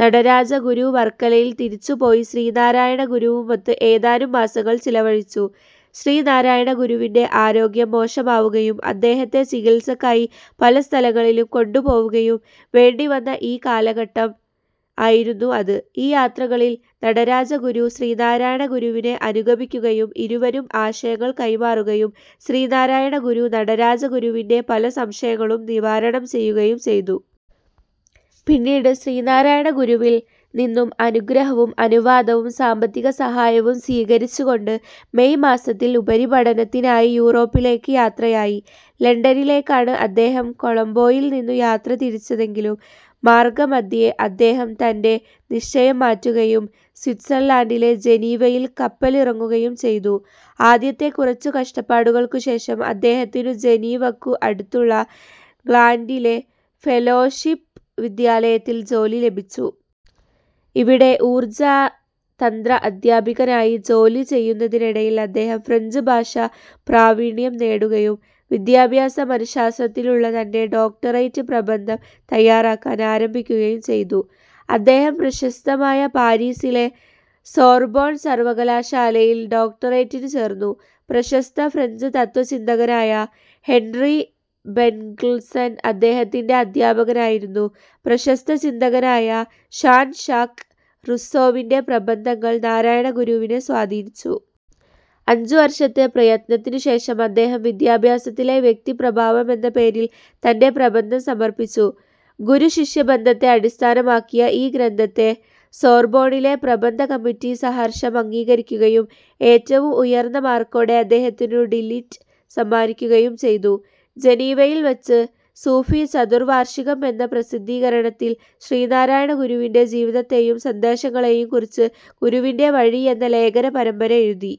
നടരാജ ഗുരു വർക്കലയിൽ തിരിച്ചു പോയി ശ്രീനാരായണ ഗുരുവുമൊത്ത് ഏതാനും മാസങ്ങൾ ചിലവഴിച്ചു. ശ്രീ നാരായണ ഗുരുവിന്റെ ആരോഗ്യം മോശമാവുകയും അദ്ദേഹത്തെ ചികത്സക്കായി പല സ്ഥലങ്ങളിലും കൊണ്ടുപോവുകയും വേണ്ടിവന്ന ഈ കാലഘട്ടം ആയിരുന്നു അത്. ഈ യാത്രകളിൽ നടരാജ ഗുരു ശ്രീനാരായണ ഗുരുവിനെ അനുഗമിക്കുകയും ഇരുവരും ആശയങ്ങൾ കൈമാറുകയും ശ്രീനാരായണ ഗുരു നടരാജ ഗുരുവിന്റെ പല സംശയങ്ങളും നിവാരണം ചെയ്യുകയും ചെയ്തു. പിന്നീട് ശ്രീനാരായണ ഗുരുവിൽ നിന്നം അനുഗ്രഹവും അനുവാദവും സാമ്പത്തിക സഹായവും സ്വീകരിച്ചു കൊണ്ട് മെയ് മാസത്തിൽ ഉപരിപഠനത്തിനായി യൂറോപ്പിലേക്ക് യാത്രയായി. ലണ്ടനിലേക്കാണു അദ്ദേഹം കൊളംബോയിൽ നിന്നു യാത്ര തിരിച്ചതെങ്കിലും മാർഗ്ഗമദ്ധ്യേ അദ്ദേഹം തന്റെ നിശ്ചയം മാറ്റുകയും സ്വിറ്റ്സർലാന്റിലെ ജനീവയിൽ കപ്പലിറങ്ങുകയും ചെയ്തു. ആദ്യത്തെ കുറച്ചു കഷ്ടപ്പാടുകൾക്കു ശേഷം അദ്ദേഹത്തിനു ജനീവക്കു അടുത്തുള്ള ഗ്ലാന്റിലെ ഫെലോഷിപ് വിദ്യാലയത്തിൽ ജോലി ലഭിച്ചു. ഇവിടെ ഊർജ്ജതന്ത്ര അദ്ധ്യാപകനായി ജോലി ചെയ്യുന്നതിനിടയിൽ അദ്ദേഹം ഫ്രഞ്ച് ഭാഷ പ്രാവീണ്യം നേടുകയും വിദ്യാഭ്യാസ മനശാസ്ത്രത്തിലുള്ള തന്റെ ഡോക്ടറേറ്റ് പ്രബന്ധം തയ്യാറാക്കാൻ ആരംഭിക്കുകയും ചെയ്തു. അദ്ദേഹം പ്രശസ്തമായ പാരീസിലെ സോർബോൺ സർവകലാശാലയിൽ ഡോക്ടറേറ്റിനു ചേർന്നു. പ്രശസ്ത ഫ്രഞ്ച് തത്ത്വചിന്തകനായ ഹെന്രി ബെർഗ്ഗ്സൺ അദ്ദേഹത്തിന്റെ അദ്ധ്യാപകനായിരുന്നു. പ്രശസ്ത ചിന്തകനായ ഷാൺ ഷാക്ക് റൂസ്സോവിന്റെ പ്രബന്ധങ്ങൾ നാരായണ ഗുരുവിനെ സ്വാധീനിച്ചു. അഞ്ചു വർഷത്തെ പ്രയത്നത്തിനു ശേഷം അദ്ദേഹം വിദ്യാഭ്യാസത്തിലെ വ്യക്തി പ്രഭാവം എന്ന പേരിൽ തന്റെ പ്രബന്ധം സമർപ്പിച്ചു. ഗുരുശിഷ്യ ബന്ധത്തെ അടിസ്ഥാനമാക്കിയ ഈ ഗ്രന്ധത്തെ സോർബോണിലെ പ്രബന്ധ കമ്മിറ്റി സഹർഷം അംഗീകരിക്കുകയും ഏറ്റവും ഉയർന്ന മാർക്കോടെ അദ്ദേഹത്തിനു ഡി. ലിറ്റ് സമ്മാനിക്കുകയും ചെയ്തു. ജനീവയിൽ വെച്ച് സൂഫി ചതുർവാർഷികം എന്ന പ്രസിദ്ധീകരണത്തിൽ ശ്രീനാരായണ ഗുരുവിന്റെ ജീവിതത്തെയും സന്ദേശങ്ങളെയും കുറിച്ച് "ഗുരുവിന്റെ വഴി" എന്ന ലേഖന പരമ്പര എഴുതി.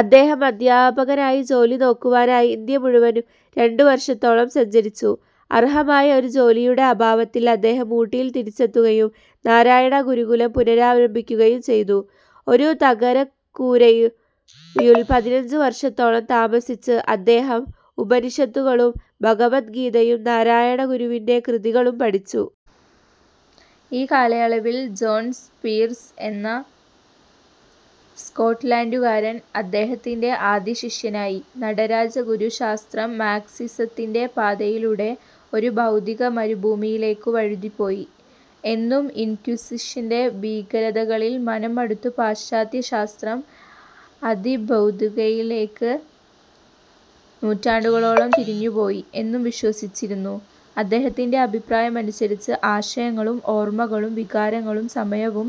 അദ്ദേഹം അദ്ധ്യാപകനായി ജോലി നോക്കുവാനായി ഇന്ത്യ മുഴുവൻ രണ്ടു വർഷത്തോളം സഞ്ചരിച്ചു. അർഹമായ ഒരു ജോലിയുടെ അഭാവത്തിൽ അദ്ദേഹം ഊട്ടിയിൽ തിരിച്ചെത്തുകയും നാരായണ ഗുരുകുലം പുനരാരംഭിക്കുകയും ചെയ്തു. ഒരു തകരക്കൂരയുൽ പതിനഞ്ചു വർഷത്തോളം താമസിച്ച് അദ്ദേഹം ഉപനിഷത്തുകളും ഭഗവദ് ഗീതയും നാരായണ ഗുരുവിന്റെ കൃതികളും പഠിച്ചു. ഈ കാലയളവിൽ ജോൺ സ്പീർസ് എന്ന സ്കോട്ട്ലാന്റുകാരൻ അദ്ദേഹത്തിന്റെ ആദ്യ ശിഷ്യനായി. നടരാജ ഗുരു ശാസ്ത്രം മാർക്സിസത്തിന്റെ പാതയിലൂടെ ഒരു ഭൗതിക മരുഭൂമിയിലേക്കു വഴുതിപ്പോയി എന്നും ഇൻക്വിസിഷന്റെ ഭീകരതകളിൽ മനം മടുത്ത് പാശ്ചാത്യ ശാസ്ത്രം അതിഭൌതുകയിലേക്ക് നൂറ്റാണ്ടുകളോളം തിരിഞ്ഞുപോയി എന്നും വിശ്വസിച്ചിരുന്നു. അദ്ദേഹത്തിന്റെ അഭിപ്രായമനുസരിച്ച് ആശയങ്ങളും ഓർമ്മകളും വികാരങ്ങളും സമയവും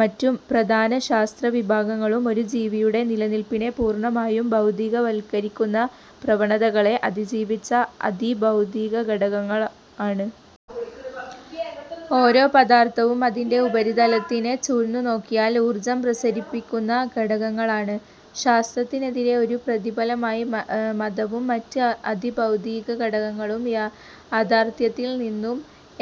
മറ്റു പ്രധാന ശാസ്ത്ര വിഭാഗങ്ങളും ഒരു ജീവിയുടെ നിലനില്പിനെ പൂർണമായും ഭൌതീകവൽക്കരിക്കുന്ന പ്രവണതകളെ അതിജീവിച്ച അതിഭൌതീക ഖടകങ്ങളാണ്. ഓരോ പദാർഥവും അതിന്റെ ഉപരിതലത്തിനെ ചൂഴ്ന്നു നോക്കിയാൽ ഊർജ്ജം പ്രസരിപ്പിക്കുന്ന ഖടകങ്ങളാണ്. ശാസ്ത്രത്തിനെതിരെ ഒരു പ്രതിബലമായി മതവും മറ്റ് അതിഭൌതീക ഖടകങ്ങളും യാത്ഥാർത്ഥ്യത്തിൽ നിന്നു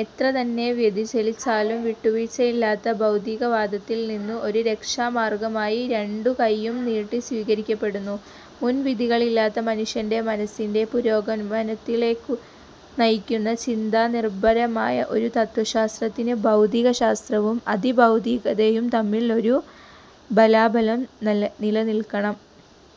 എത്രതന്നെ വ്യതിചലിച്ചാലും വിട്ടുവീഴ്ചയില്ലാത്ത ഭൌതീകവാദത്തിൽനിന്നു ഒരു രക്ഷാമാർഗ്ഗമായി രണ്ടുകൈയും നീട്ടി സ്വീകരിക്കപ്പെടുന്നു. മുൻവിധികളില്ലാത്ത മനുഷ്യന്റെ മനസ്സിന്റെ പുരോഗമനത്തിലേക്കുനയിക്കുന്ന ചിന്താനിർഭരമായ ഒരു തത്ത്വശാസ്ത്രത്തിന് ഭൌതീകശാസ്ത്രവും അതിഭൌതീകതയും തമ്മിൽ ഒരു ബലാബലം നിലനിൽക്കണം.